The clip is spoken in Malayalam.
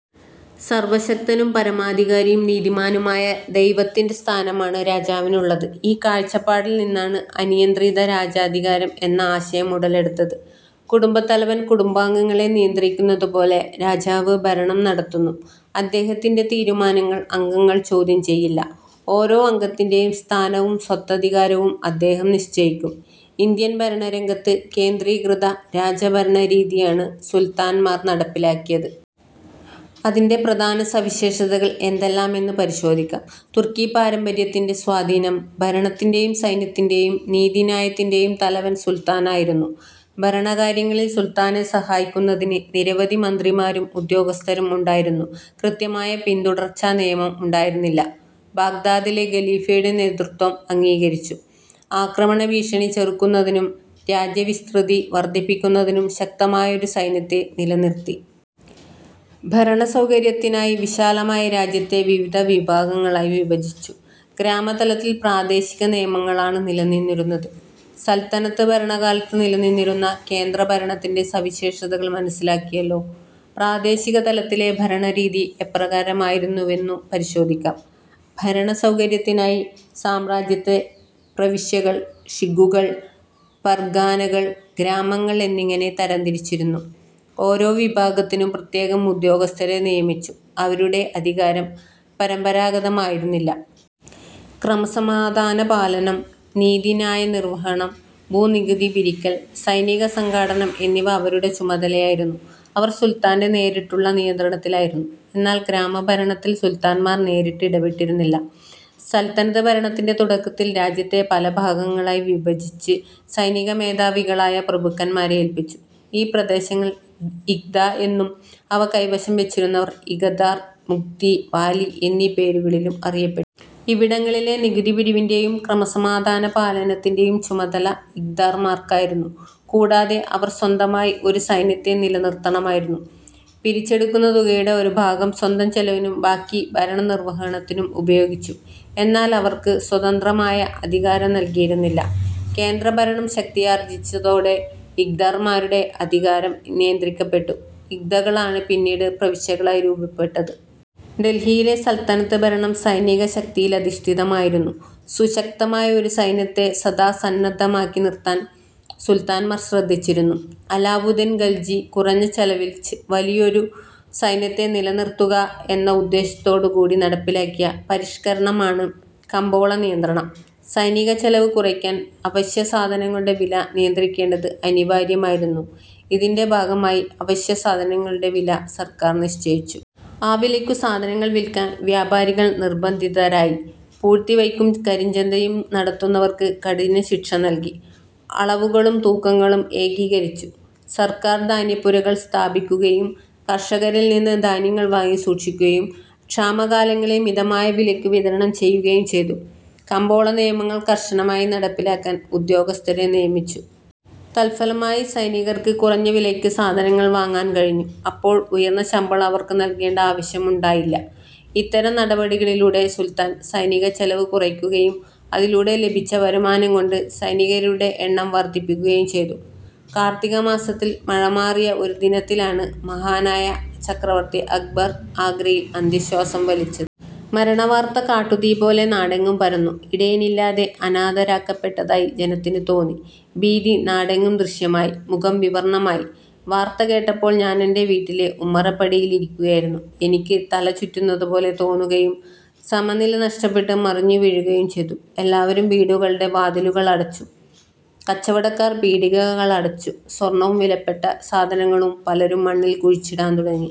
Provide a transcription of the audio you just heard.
സർവശക്തനും പരമാധികാരിയും നീതിമാനുമായ ദൈവത്തിന്റെ സ്ഥാനമാണ് രാജാവിനുള്ളത്. ഈ കാഴ്ചപ്പാടിൽ നിന്നാണ് അനിയന്ത്രിത രാജാധികാരം എന്ന ആശയം ഉടലെടുത്തത്. കുടുംബത്തലവൻ കുടുംബാംഗങ്ങളെ നിയന്ത്രിക്കുന്നതുപോലെ രാജാവ് ഭരണം നടത്തുന്നു. അദ്ദേഹത്തിന്റെ തീരുമാനങ്ങൾ അംഗങ്ങൾ ചോദ്യം ചെയ്യില്ല. ഓരോ അംഗത്തിന്റെയും സ്ഥാനവും സ്വത്തധികാരവും അദ്ദേഹം നിശ്ച യിക്കും. ഇന്ത്യൻ ഭരണരംഗത്ത് കേന്ദ്രീകൃത രാജഭരണരീതിയാണ് സുൽത്താന്മാർ നടപ്പിലാക്കിയത്. അതിന്റെ പ്രധാന സവിശേഷതകൾ എന്തെല്ലാമെന്ന് പരിശോധിക്കാം. തുർക്കി പാരമ്പര്യത്തിന്റെ സ്വാധീനം. ഭരണത്തിന്റെയും സൈന്യത്തിന്റെയും നീതി ന്യായത്തിന്റെയും തലവൻ സുൽത്താനായിരുന്നു. ഭരണകാര്യങ്ങളിൽ സുൽത്താനെ സഹായിക്കുന്നതിന് നിരവധി മന്ത്രിമാരും ഉദ്യോഗസ്ഥരും ഉണ്ടായിരുന്നു. കൃത്യമായ പിന്തുടർച്ചാ നിയമം ഉണ്ടായിരുന്നില്ല. ബാഗ്ദാദിലെ ഖലീഫയുടെ നേതൃത്വം അംഗീകരിച്ചു. ആക്രമണഭീഷണി ചെറുക്കുന്നതിനും രാജ്യവിസ്തൃതി വർധിപ്പിക്കുന്നതിനും ശക്തമായൊരു സൈന്യത്തെ നില നിർത്തി. ഭരണസൗകര്യത്തിനായി വിശാലമായ രാജ്യത്തെ വിവിധ വിഭാഗങ്ങളായി വിഭജിച്ചു. ഗ്രാമതലത്തിൽ പ്രാദേശികനിയമങ്ങളാണ് നിലനിന്നിരുന്നത്. സൽത്തനത്ത് ഭരണകാലത്തു നിലനിന്നിരുന്ന കേന്ദ്രഭരണത്തിന്റെ സവിശേഷതകൾ മനസ്സിലാക്കിയല്ലോ. പ്രാദേശികതലത്തിലെ ഭരണരീതി എപ്രകാരമായിരുന്നുവെന്നു പരിശോധിക്കാം. ഭരണസൗകര്യത്തിനായി സാമ്രാജ്യത്തെ പ്രവിശ്യകൾ, ഷിഖുകൾ, പർഗാനകൾ, ഗ്രാമങ്ങൾ എന്നിങ്ങനെ തരംതിരിച്ചിരുന്നു. ഓരോ വിഭാഗത്തിനും പ്രത്യേകം ഉദ്യോഗസ്ഥരെ നിയമിച്ചു. അവരുടെ അധികാരം പരമ്പരാഗതമായിരുന്നില്ല. ക്രമസമാധാനപാലനം, നീതി ന്യായനിർവഹണം, ഭൂനികുതി പിരിക്കൽ, സൈനികസംഘാടനം എന്നിവ അവരുടെ ചുമതലയായിരുന്നു. അവർ സുൽത്താന്റെ നേരിട്ടുള്ള നിയന്ത്രണത്തിലായിരുന്നു. എന്നാൽ ഗ്രാമഭരണത്തിൽ സുൽത്താന്മാർ നേരിട്ട് ഇടപെട്ടിരുന്നില്ല. സൽത്തനത്ത് ഭരണത്തിന്റെ തുടക്കത്തിൽ രാജ്യത്തെ പലഭാഗങ്ങളായി വിഭജിച്ച് സൈനികമേധാവികളായ പ്രഭുക്കന്മാരെ ഏൽപ്പിച്ചു. ഈ പ്രദേശങ്ങൾ ഇഖ്ത എന്നും അവ കൈവശം വച്ചിരുന്നവർ "ഇഖദാർ', "മുഖ്തി', 'വാലി' എന്നീ പേരുകളിലും അറിയപ്പെട്ടു. ഇവിടങ്ങളിലെ നികുതിപിരിവിന്റെയും ക്രമസമാധാന പാലനത്തിന്റെയും ചുമതല ഇഖ്ദാർമാർക്കായിരുന്നു. കൂടാതെ, അവർ സ്വന്തമായി ഒരു സൈന്യത്തെ നില നിർത്തണമായിരുന്നു. പിരിച്ചെടുക്കുന്ന തുകയുടെ ഒരു ഭാഗം സ്വന്തം ചെലവിനും ബാക്കി ഭരണനിർവഹണത്തിനും ഉപയോഗിച്ചു. എന്നാൽ അവർക്ക് സ്വതന്ത്രമായ അധികാരം നൽകിയിരുന്നില്ല. കേന്ദ്രഭരണം ശക്തിയാർജിച്ചതോടെ ഇഖ്ദാർമാരുടെ അധികാരം നിയന്ത്രിക്കപ്പെട്ടു. ഇഖ്തകളാണ് പിന്നീട് പ്രവിശ്യകളായി രൂപപ്പെട്ടത്. ഡൽഹിയിലെ സൽത്തനത്ത് ഭരണം സൈനിക ശക്തിയിലധിഷ്ഠിതമായിരുന്നു. സുശക്തമായ ഒരു സൈന്യത്തെ സദാ സന്നദ്ധമാക്കി നിർത്താൻ സുൽത്താന്മാർ ശ്രദ്ധിച്ചിരുന്നു. അലാവുദ്ദീൻ ഖൽജി കുറഞ്ഞ ചെലവിൽ വലിയൊരു സൈന്യത്തെ നിലനിർത്തുക എന്ന ഉദ്ദേശ്യത്തോടുകൂടി നടപ്പിലാക്കിയ പരിഷ്കരണമാണ് കമ്പോളനിയന്ത്രണം. സൈനികച്ചെലവ് കുറയ്ക്കാൻ അവശ്യസാധനങ്ങളുടെ വില നിയന്ത്രിക്കേണ്ടത് അനിവാര്യമായിരുന്നു. ഇതിന്റെ ഭാഗമായി അവശ്യസാധനങ്ങളുടെ വില സർക്കാർ നിശ്ചയിച്ചു. ആ വിലയ്ക്കു സാധനങ്ങൾ വിൽക്കാൻ വ്യാപാരികൾ നിർബന്ധിതരായി. പൂഴ്ത്തിവയ്ക്കും കരിഞ്ചന്തയും നടത്തുന്ന വർക്ക് കഠിനശിക്ഷ നൽകി. അളവുകളും തൂക്കങ്ങളും ഏകീകരിച്ചു. സർക്കാർ ധാന്യപ്പുരകൾ സ്ഥാപിക്കുകയും കർഷകരിൽനിന്ന് ധാന്യങ്ങൾ വാങ്ങി സൂക്ഷിക്കുകയും ക്ഷാമകാലങ്ങളിൽ മിതമായ വിലയ്ക്കു വിതരണം ചെയ്യുകയും ചെയ്തു. കമ്പോള നിയമങ്ങൾ കർശനമായി നടപ്പിലാക്കാൻ ഉദ്യോഗസ്ഥരെ നിയമിച്ചു. തദ്ഫലമായി സൈനികർക്ക് കുറഞ്ഞ വിലയ്ക്ക് സാധനങ്ങൾ വാങ്ങാൻ കഴിഞ്ഞു. അപ്പോൾ ഉയർന്ന ശമ്പളം അവർക്ക് നൽകേണ്ട ആവശ്യം ഉണ്ടായില്ല. ഇത്തരം നടപടികളിലൂടെ സുൽത്താൻ സൈനികച്ചെലവ് കുറയ്ക്കുകയും അതിലൂടെ ലഭിച്ച വരുമാനം കൊണ്ട് സൈനികരുടെ എണ്ണം വർധിപ്പിക്കുകയും ചെയ്തു. കാർത്തികമാസത്തിൽ മഴമാറിയ ഒരു ദിനത്തിലാണ് മഹാനായ ചക്രവർത്തി അക്ബർ ആഗ്രയിൽ അന്ത്യശ്വാസം വലിച്ചത്. മരണവാർത്ത കാട്ടുതീപോലെ നാടെങ്ങും പരന്നു. ഇടയനില്ലാതെ അനാഥരാക്കപ്പെട്ടതായി ജനത്തിനു തോന്നി. ഭീതി നാടെങ്ങും ദൃശ്യമായി, മുഖം വിവർണമായി... വാർത്ത കേട്ടപ്പോൾ ഞാനെന്റെ വീട്ടിലെ ഉമ്മറപ്പടിയിലിരിക്കുകയായിരുന്നു. എനിക്ക് തല ചുറ്റുന്നതുപോലെ തോന്നുകയും സമനില നഷ്ടപ്പെട്ട് മറിഞ്ഞു വീഴുകയും ചെയ്തു. എല്ലാവരും വീടുകളുടെ വാതിലുകളടച്ചു. കച്ചവടക്കാർ പീടികകളടച്ചു. സ്വർണവും വിലപ്പെട്ട സാധനങ്ങളും പലരും മണ്ണിൽ കുഴിച്ചിടാൻ തുടങ്ങി.